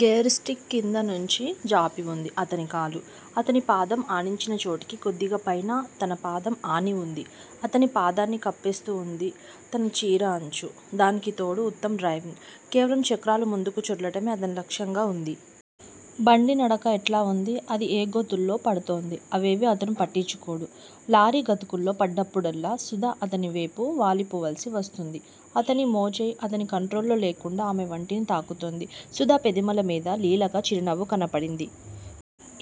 Gear stick క్రిందనుంచి జాపి వుంది అతని కాలు. అతని పాదం ఆనించిన చోటుకి కొద్దిగా పైన తన పాదం ఆని వుంది. అతని పాదాన్ని కప్పేస్తూ వుంది తన చీరె అంచు. దానికితోడు ఉత్తమ్ డ్రైవింగ్! కేవలం చక్రాలు ముందుకు చొర్లటమే అతని లక్ష్యంగా ఉంది. బండీ నడక ఎట్లా ఉందీ, అది ఏ గోతుల్లో పడుతోందీ, అవేవీ అతను పట్టించుకోడు. లారీ గతుకుల్లో పడ్డప్పుడల్లా సుధ అతని వేపు వాలిపోవాల్సి వస్తోంది. అతని మోచెయ్యి అతని కంట్రోల్లో లేకుండా ఆమె వంటిని తాకుతోంది. సుధ పెదిమల మీద లీలగా చిరునవ్వు కనబడింది.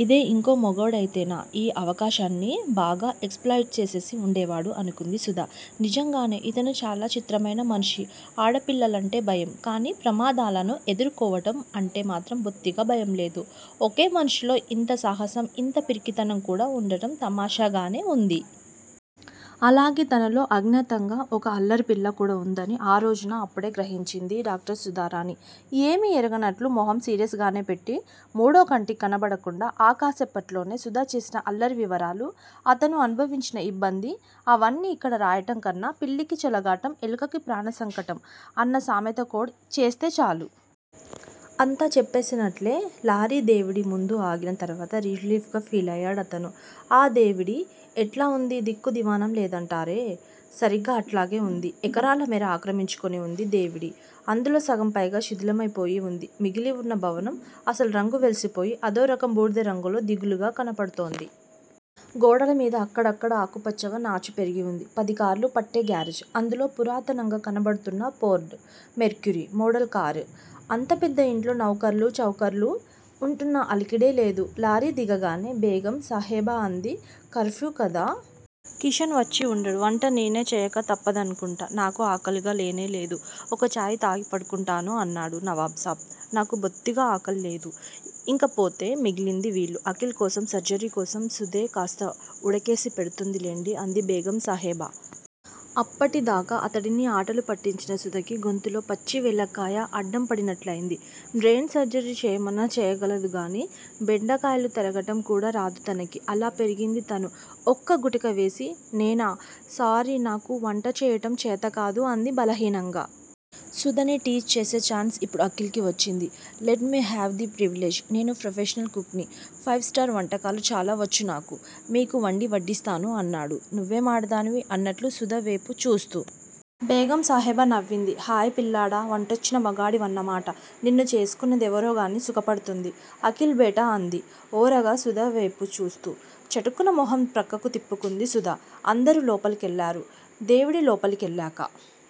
'ఇదే ఇంకో మొగాడయితేనా ఈ అవకాశాన్ని బాగా ఎక్స్ ప్లాయిట్ చేసేసి వుండేవాడు' అనుకుంది సుధ. నిజంగానే ఇతను చాలా చిత్రమైన మనిషి! ఆడపిల్లలంటే భయం. కానీ ప్రమాదాలను ఎదుర్కోవడం అంటే మాత్రం బొత్తిగా భయం లేదు. ఒకే మనిషిలో ఇంత సాహసం, ఇంత పిరికితనం కూడా ఉండటం తమాషాగానే వుంది. అలాగే తనలో అజ్ఞాతంగా ఒక అల్లరిపిల్ల కూడా ఉందని ఆ రోజున అప్పుడే గ్రహించింది డాక్టర్ సుధారాణి. ఏమీ ఎరగనట్లు మొహం సీరియస్ గానే పెట్టి మూడో కంటికి కనబడకుండా, ఆ కాసేపట్లోనే సుధ చేసిన అల్లరి వివరాలు, అతను అనుభవించిన యిబ్బంది, అవన్నీ యిక్కడ రాయటంకన్నా 'పిల్లికి చెలగాటం, ఎలుకకి ప్రాణసంకటం' అన్న సామెత కోడ్ చేస్తే చాలు! అంతా చెప్పేసినట్లే. లారీ దేవిడీ ముందు ఆగిన తరువాత రిలీఫ్ గా ఫీలయ్యాడతను. ఆ దేవిడీ ఎట్లా ఉంది? దిక్కూ దివాణం లేదంటారే సరిగ్గా అట్లాగే ఉంది. ఎకరాల మేర ఆక్రమించుకుని ఉంది దేవిడీ. అందులో సగం పైగా శిథిలమైపోయి వుంది. మిగిలివున్న భవనం అసలు రంగు వెలిసిపోయి, అదోరకం బూడిద రంగులో దిగులుగా కనబడుతోంది. గోడల మీద అక్కడక్కడా ఆకుపచ్చగా నాచు పెరిగి వుంది. పది కార్లు పట్టే గ్యారేజ్! అందులో పురాతనంగా కనబడుతున్న ఫోర్డు మెర్క్యురీ మోడలు కారు! అంత పెద్ద ఇంట్లో నౌఖర్లూ, చాకర్లూ ఉంటున్న అలికిడే లేదు. లారీ దిగగానే బేగం సాహెబా అంది- కర్ఫ్యూ కదా! కిషన్ వచ్చి ఉండడు. వంట నేనే చెయ్యక తప్పదనుకుంటా. నాకు ఆకలిగా లేనే లేదు. ఒక చాయ్ తాగి పడుకుంటాను అన్నాడు నవాబ్ సాబ్. నాకూ బొత్తిగా ఆకలి లేదు. ఇంకపోతే మిగిలింది వీళ్ళు. అఖిల్ కోసం, సర్దార్జీ కోసం సుధే కాస్త ఉడకేసి పెడుతుందిలెండి అంది బేగం సాహెబా. అప్పటిదాకా అతడిని ఆటలు పట్టించిన సుధకి గొంతులో పచ్చి వెలక్కాయ అడ్డం పడినట్లయ్యింది. బ్రెయిన్ సర్జరీ చెయ్యమన్నా చెయ్యగలదు గాని, బెండకాయలు తరగటం కూడా రాదు తనకి! అలా పెరిగింది తను! ఒక్క గుటక వేసి నేనా! సారీ నాకు వంట చెయ్యటం చేతకాదు అంది బలహీనంగా. సుధని టీజ్ చేసే ఛాన్స్ ఇప్పుడు అఖిల్ కి వచ్చింది. Let me have the privilege! నేను ప్రొఫెషనల్ కుక్ ని! ఫైవ్ స్టార్ వంటకాలు చాలా వచ్చు నాకు. మీకు వండి వడ్డిస్తాను అన్నాడు నువ్వేం ఆడదానివి? అన్నట్లు సుధ వేపు చూస్తూ. బేగం సాహెబా నవ్వింది. హాయ్ పిల్లాడా! వంటొచ్చిన మొగాడివన్నమాట! నిన్ను చేసుకునే దెవరోగానీ సుఖపడుతుంది అఖిల్ బేటా అంది ఓరగా సుధ వేపు చూస్తూ. చటుక్కున మొహం ప్రక్కకు తిప్పుకుంది సుధ. అందరూ లోపలికెళ్ళారు. దేవిడీ లోపలికెళ్ళాక